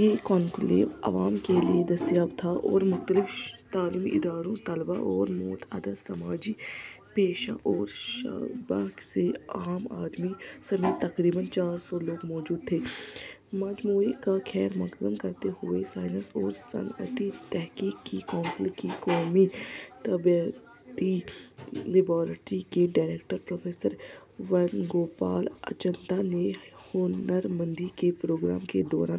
یہ کانکلیو عوام کے لیے دستیاب تھا اور مختلف تعلیمی اداروں، طلبا اور متعدد سماجی، پیشہ ور شعبوں سے عام آدمی سمیت تقریباً چار سو لوگ موجود تھے۔ مجمع کا خیر مقدم کرتے ہوئے سائنسی اور صنعتی تحقیق کی کونسل کی قومی طبیعیاتی لیبارٹری کے ڈائریکٹر پروفیسر وینو گوپال اچنتا نے ہنرمندی کے پروگرام کے دوران،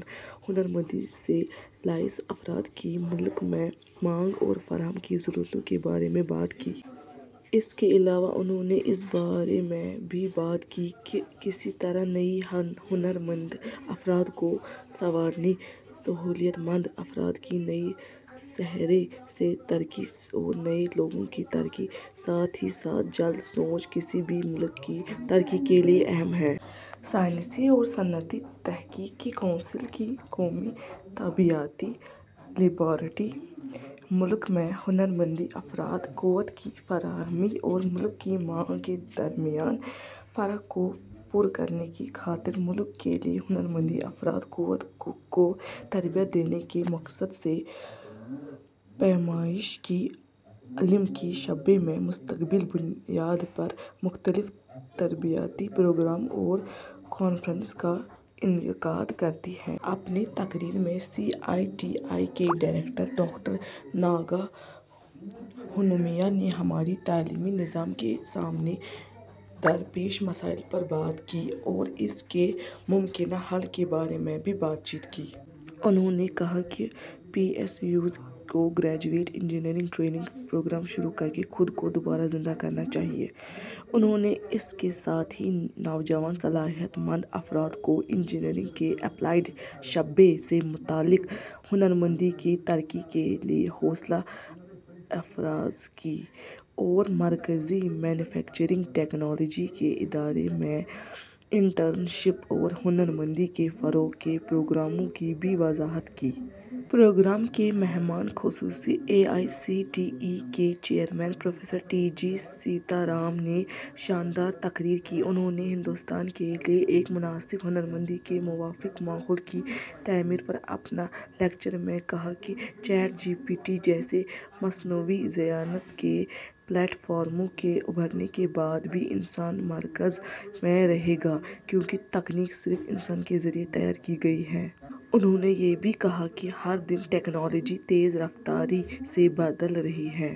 ہنرمندی سے لیس افراد کی ملک میں مانگ اور فراہمی کی ضرورتوں کے بارے میں بات کی۔ اس کے علاوہ انہوں نے اس بارے میں بھی بات کی کہ کس طرح نئے ہنرمند افراد کو سنوارنے، صلاحیت مند افراد کی نئے سرے سے ترقی اور نئے لوگوں کی ترقی، ساتھ ہی ساتھ جدید سوچ، کسی بھی ملک کی ترقی کے لیے اہم ہے۔ سائنسی اور صنعتی تحقیق کی کونسل کی قومی طبیعیاتی لیبارٹری ملک میں ہنرمند افرادی قوت کی فراہمی اور ملک کی مانگ کے درمیان فرق کو پُر کرنے کی خاطر ملک کے لیے ہنرمند افرادی قوت کو تربیت دینے کے مقصد سے پیمائش کے علم کے شعبے میں مستقل بنیاد پر مختلف تربیتی پروگراموں اور کورسز کا انعقاد کرتی ہے۔ اپنی تقریر میں سی ایم ٹی آئی کے ڈائریکٹر ڈاکٹر ناگا ہنومیا نے ہمارے تعلیمی نظام کے سامنے درپیش مسائل پر بات کی اور اس کے ممکنہ حل کے بارے میں بھی بات چیت کی۔ انہوں نے کہا کہ پی ایس یوز کو گریجویٹ انجینئرنگ ٹریننگ پروگرام شروع کرکے خود کو دوبارہ زندہ کرنا چاہیے۔ انہوں نے اس کے ساتھ ہی نوجوان صلاحیت مند افراد کو انجینئرنگ کے اپلائیڈ شعبے سے متعلق ہنرمندی کی ترقی کے لیے حوصلہ افزائی کی اور مرکزی مینوفیکچرنگ ٹیکنالوجی کے ادارے میں انٹرن شپ اور ہنرمندی کے فروغ کے پروگراموں کی بھی وضاحت کی۔ پروگرام کے مہمان خصوصی A I C T E کے chairman professor T G Sita Ram نے شاندار تقریر کی۔ انہوں نے ہندوستان کے لیے ایک مناسب ہنرمندی کے موافق ماحول کی تعمیر پر اپنے لیکچر میں کہا کہ چیٹ جی پی ٹی جیسے مصنوعی ذہانت کے پلیٹ فارموں کے ابھرنے کے بعد بھی انسان مرکز میں رہے گا، کیونکہ تکنیک صرف انسان کے ذریعے تیار کی گئی ہے۔ انہوں نے یہ بھی کہا کہ ہر دن ٹیکنالوجی تیز رفتاری سے بدل رہی ہے۔